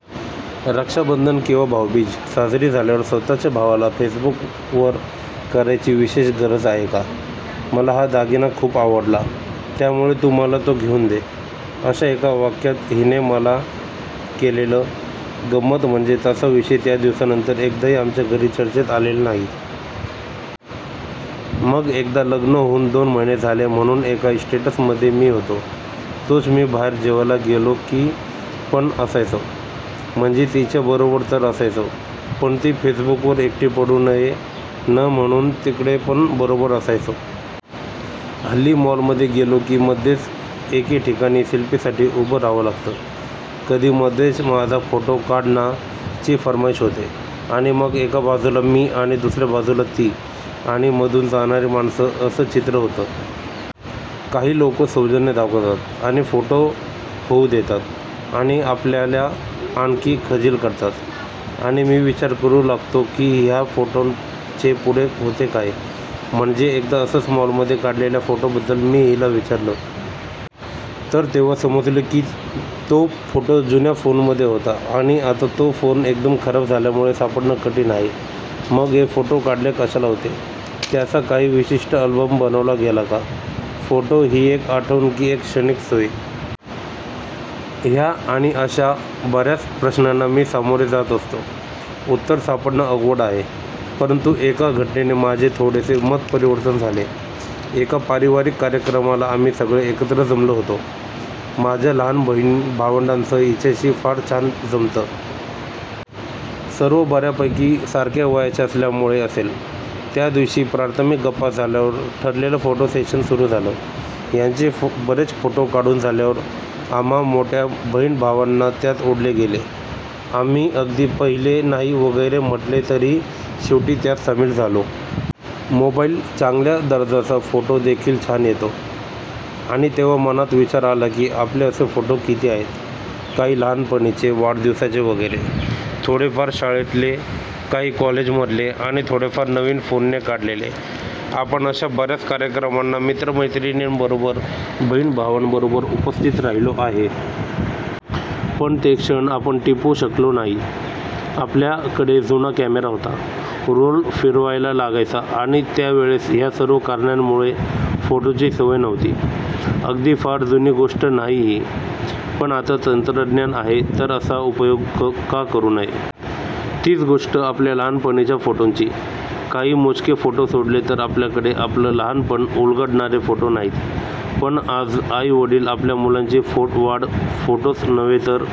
रक्षाबंधन किंवा भाऊबीज साजरी झाल्यावर स्वतःच्या भावाला फेसबुकवर करायची विशेष गरज आहे का? मला हा दागिना खूप आवडला त्यामुळे तू मला तो घेऊन दे, अशा एका वाक्यात हिने मला केलेलं. गंमत म्हणजे तसा विषय त्या दिवसानंतर एकदाही आमच्या घरी चर्चेत आलेला नाही. मग एकदा लग्न होऊन दोन महिने झाले म्हणून एका स्टेटसमध्ये मी होतो. तोच मी बाहेर जेवायला गेलो की पण असायचो. म्हणजे तिच्या बरोबर तर असायचो पण ती फेसबुकवर एकटी पडू नये न म्हणून तिकडे पण बरोबर असायचो. हल्ली मॉलमध्ये गेलो की मध्येच एके ठिकाणी सेल्फीसाठी उभं रहावं लागतं. कधी मध्येच माझा फोटो काढ ना ची फर्माइश होते आणि मग एका बाजूला मी आणि दुसऱ्या बाजूला ती आणि मधून जाणारी माणसं असं चित्र होतं. काही लोकं सौजन्य दाखवतात आणि फोटो होऊ देतात आणि आपल्याला आणखी खजील करतात. आणि मी विचार करू लागतो की ह्या फोटोंचे पुढे होते काय? म्हणजे एकदा असंच मॉलमध्ये काढलेल्या फोटोबद्दल मी हिला विचारलं. तर तेव्हा समजलं की तो फोटो जुन्या फोनमध्ये होता आणि आता तो फोन एकदम खराब झाल्यामुळे सापडणं कठीण आहे. मग हे फोटो काढले कशाला होते? त्याचा काही विशिष्ट अल्बम बनवला गेला का? फोटो ही एक आठवण की एक क्षणिक सोय? ह्या आणि अशा बऱ्याच प्रश्नांना मी सामोरे जात असतो. उत्तर सापडणं अवघड आहे. परंतु एका घटनेने माझे थोडेसे मत-परिवर्तन झाले. एका पारिवारिक कार्यक्रमाला आम्ही सगळे एकत्र जमलो होतो. माझ्या लहान बहिण-भावंडांचं हिच्याशी फार छान जमतं. सर्व बऱ्यापैकी सारख्या वयाचे असल्यामुळे असेल. त्या दिवशी प्राथमिक गप्पा झाल्यावर ठरलेलं फोटो सेशन सुरू झालं. ह्यांचे बरेच फोटो काढून झाल्यावर आम्हा मोठ्या बहिण-भावांना त्यात ओढले गेले. आम्ही अगदी पहिले नाही वगैरे म्हटले तरीही शेवटी त्यात सामील झालो. मोबाईलच्या चांगल्या दर्जामुळे फोटो देखील छान येत होते. आणि तेव्हा मनात विचार आला की आपले असे फोटो किती आहेत? काही लहानपणीचे वाढदिवसाचे वगैरे, थोडेफार शाळेतले काही कॉलेजमधले आणि थोडेफार नवीन फोनने काढलेले. आपण अशा बऱ्याच कार्यक्रमांना मित्र-मैत्रिणींबरोबर, बहिण-भावांबरोबर उपस्थित राहिलो आहे? पण ते क्षण आपण टिपू शकलो नाही. आपल्याकडे जुना कॅमेरा होता, रोल फिरवायला लागायचा आणि त्यावेळेस ह्या सर्व कारणांमुळे फोटोची सवय नव्हती. अगदी फार जुनी गोष्ट नाही ही. पण आता तंत्रज्ञान आहे तर असा उपयोग का करू नये? तीच गोष्ट आपल्या लहानपणीच्या फोटोंची! काही मोजके फोटो सोडले तर आपल्याकडे आपलं लहानपण उलगडणारे फोटो नाहीत. पण आज आई-वडील आपल्या मुलांची वाढ फोटोच नव्हे तर